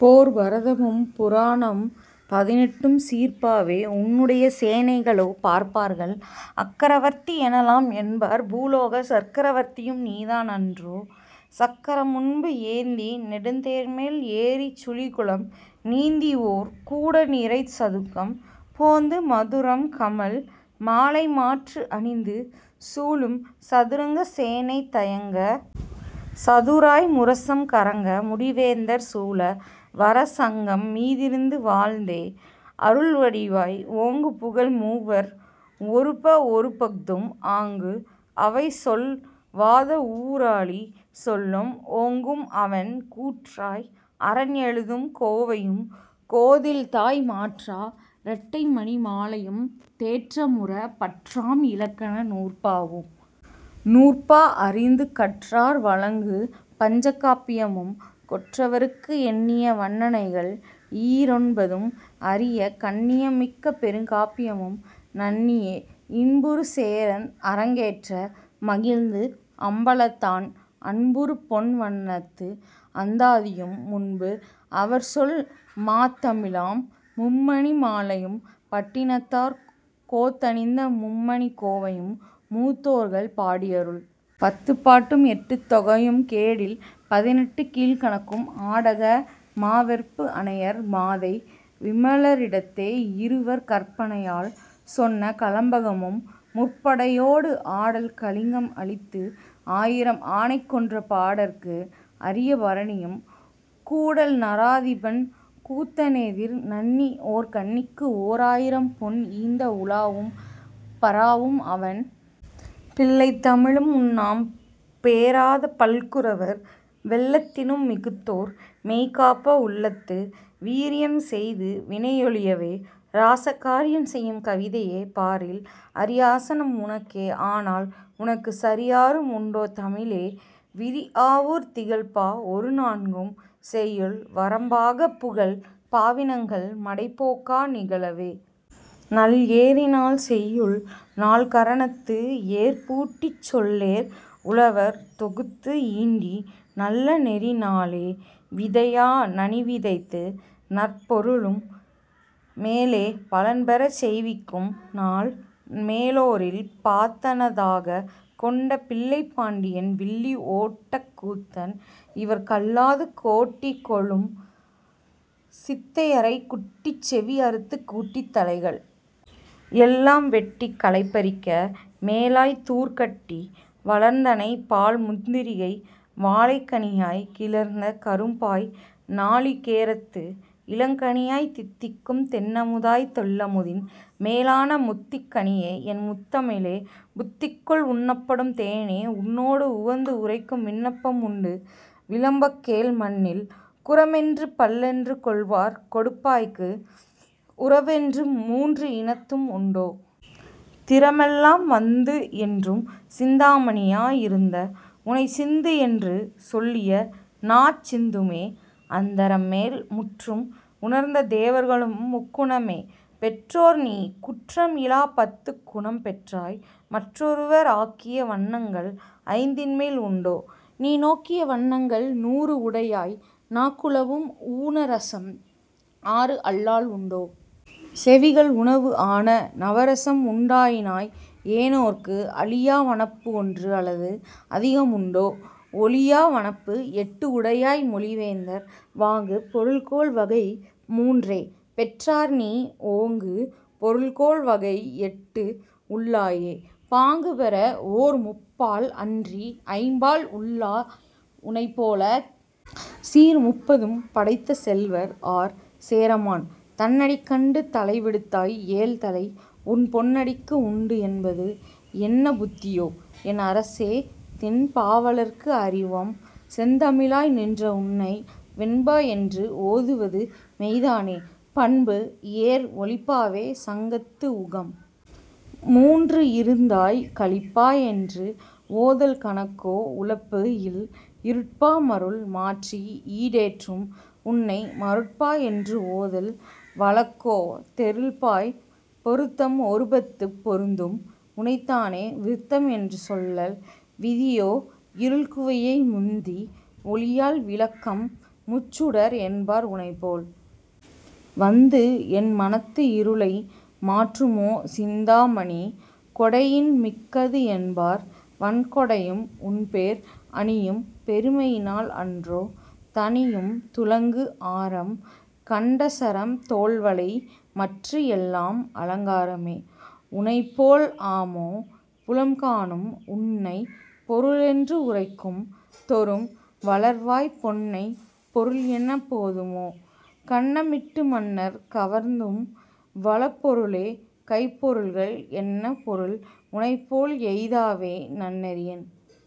போர்ப் பாரதமும் புராணம் பதினெட்டும் சீர்ப்பாவே உன்னுடைய சேனைகளோ பார்ப்பார்கள் அக்கரவர்த்தி எனலாம் என்பார் பூலோக சக்கரவர்த்தியும் நீதான் அன்றோ சக்கரம்முன்பு ஏந்தி நெடுந் தேர்மேல் ஏறிச் சுழிகுளம் நீந்திஓர் கூடநிறை சதுக்கம் போந்து மதுரம் கமழ் மாலைமாற்று அணிந்து சூழும் சதுரங்க சேனை தயங்கச் சதுராய் முரசம் கறங்க முடிவேந்தர் சூழ வர சங்கம் மீதிருந்து வாழ்ந்தே அருள் வடிவாய் ஓங்குபுகழ் மூவர் ஒருபஒருபஃதும் ஆங்கு அவை சொல் வாதவூராளி சொல்லும் ஓங்கும் அவன் கூற்றாய் அரன் எழுதும் கோவையும் கோதில்தாய் மாற்றா இரட்டைமணி மாலையும் தேற்றம்உற பற்றாம் இலக்கண நூற்பாவும் நூற்பா அறிந்து கற்றார் வழங்கு பஞ்சகாப்பியமும் கொற்றவருக்கு எண்ணிய வன்னனைகள் ஈரொன்பதும் அறியக் கண்ணியம் மிக்க பெருங்காப்பியமும் நன்ணியே இன்புறு சேரந் அரங்கேற்ற மகிழ்ந்து அம்பலத்தான் அன்புறு பொன்வண்னத்து அந்தாதியும் முன்பு அவர்சொல் மாத்தமிழாம் மும்மணி மாலையும் பட்டினத்தார் கோத்தணிந்த மும்மணிக் கோவையும் மூத்தோர்கள் பாடியருள் பத்துப்பாட்டும் எட்டுத்தொகையும் கேடில் பதினெட்டுக் கீழ்க்கணக்கும் ஆடக மா வெற்புஅனையார் மாதை விமலரிடத்தே இருவர் கற்பனையால் சொன்ன கலம்பகமும் முற்படையோடு ஆடல் கலிங்கம் அழித்து ஆயிரம் ஆனைகொன்ற பாடற்கு அரிய பரணியும் கூடல் நராதிபன் கூத்தன்எதிர் நண்ணி ஓர்கண்ணிக்கு ஓராயிரம்பொன் ஈந்த உலாவும் பராவும் அவன் பிள்ளைத் தமிழும் முன்னாம் பேராத பல்குரவர் வெள்ளத்தினும் மிகுத்தோர் மெய்காப்ப உள்ளத்து வீரியம் செய்து வினையொழியவே ராச காரியம் செய்யும் கவிதையே பாரில் அரியாசனம் உனக்கே ஆனால் உனக்குச் சரியாரும் உண்டோ தமிழே விரிஆவுர் திகழ்பா ஒருநான்கும் செய்யுள் வரம்பாகப் புகழ் பாவினங்கள் மடைப்போக்கா நிகழவே நல்ஏரினால் செய்யுள் நால்கரணத்து ஏர்பூட்டிச் சொல்லேர் உழவர் தொகுத்து ஈண்டி நல்லநெறி நாலே விதையா நனிவிதைத்து நாற்பொருளும் மேலே பலன்பெறச் செய்விக்கும் நாள் மேலோரில் பாத்தனதாகக் கொண்ட பிள்ளைப்பாண்டியன் வில்லி ஒட்டக் கூத்தன் இவர் கல்லாது கோட்டி கொளும் சீத்தையரைக் குட்டிச் செவிஅறுத்துக் கூட்டித் தலைகள் எல்லாம் வெட்டிக் களைபறிக்க மேலாய்த் தூர் கட்டி வளர்ந்தனை பால் முந்திரிகை வாழைக் கனியாய்க் கிளர்ந்த கரும்பாய் நாளிகேரத்து இளங்கனியாய் தித்திக்கும் தென்அமுதாய்த் தெள்ளமுதின் மேலான முத்திக் கனியே என் முத்தமிழே புத்திக்குள் உண்ணப்படும் தேனே உன்னோடு உவந்து உரைக்கும் விண்ணப்பம் உண்டு விளம்பக் கேள் மண்ணில் குறம்என்று பள்என்று கொள்வார் கொடுப்பாய்க்கு உறவுஎன்று மூன்று இனத்தும் உண்டோ! திறம்எல்லாம் வந்துஎன்றும் சிந்தாமணியா இருந்த உனைச் சிந்துஎன்று சொல்லிய நாச் சிந்துமே அந்தரம்மேல் முற்றும் உணர்ந்த தேவர்களும் முக்குணமே பெற்றார்நீ குற்றம் இலாப் பத்துக்குணம் பெற்றாய் மற்றொருவர் ஆக்கிய வண்ணங்கள் ஐந்தின்மேல் உண்டோ நீ நோக்கிய வண்ணங்கள் நூறுஉடையாய் நாக் குலவும் ஊனரசம் ஆறுஅல்லால் உண்டோ செவிகள் உணவு ஆன நவரசம் உண்டாயினாய் ஏனோர்க்கு அழியா வனப்பு ஒன்றுஅலது அதிகம் உண்டோ ஒழியா வனப்பு எட்டு உடையாய் மொழிவேந்தர் வாங்கு பொருள்கோள் வகை மூன்றே பெற்றார்நீ ஓங்கு பொருள்கோள் வகை எட்டு உள்ளாயே பாங்குபெற ஓர் முப்பால் அன்றி ஐம்பால் உள்ளாய் உனைப்போலச் சீர் முப்பதும் படைத்த செல்வர் ஆர் சேரமான் தன்னடிக் கண்டு தளை விடுத்தாய் ஏழ்தளை உன் பொன்னடிக்கு உண்டு என்பது என்ன புத்தியோ என் அரசே திண் பாவலர்க்கு அறிவாம் செந்தமிழாய் நின்றஉன்னை வெண்பா என்று ஓதுவது மெய்தானோ பண்பு ஏர் ஒலிப்பாவே சங்கத்து உகம் மூன்று இருந்தாய் கலிப்பா என்று ஓதல் கணக்கோ உலப்பு இல் இருட்பா மருள் மாற்றி ஈடேற்றும் உன்னை மருட்பா என்று ஓதல் வழக்கோ தெருள்பாப் பொருத்தம் ஒருபத்துப் பொருந்தும் உனைத்தானே விருத்தம் என்று சொல்லல் விதியோ இருள்குவையை முந்தி ஒளியால் விலக்கும் முச்சுடர் என்பார் உனைப்போல் வந்து என் மனத்து இருளை மாற்றுமோ சிந்தா மணி கொடையின் மிக்கது என்பார் வண்கொடையும் உன்பேர் அணியும் பெருமையினால் அன்றோ தணியும் துலங்கு ஆரம் கண்டசரம் தோள்வளை மற்றுஎல்லாம் அலங்காரமே உனைப்போல் ஆமோ புலம்காணும் உன்னைப் பொருள்என்று உரைக்கும் தொறும் வளர்வாய் பொன்னைப் பொருள் என்னப் போதுமோ கன்னமிட்டு மன்னர் கவர்ந்தும் வளர்பொருளே கைப்பொருள்கள் என்ன பொருள் உனைப்போல் எய்தாவே நன்னெறியின்।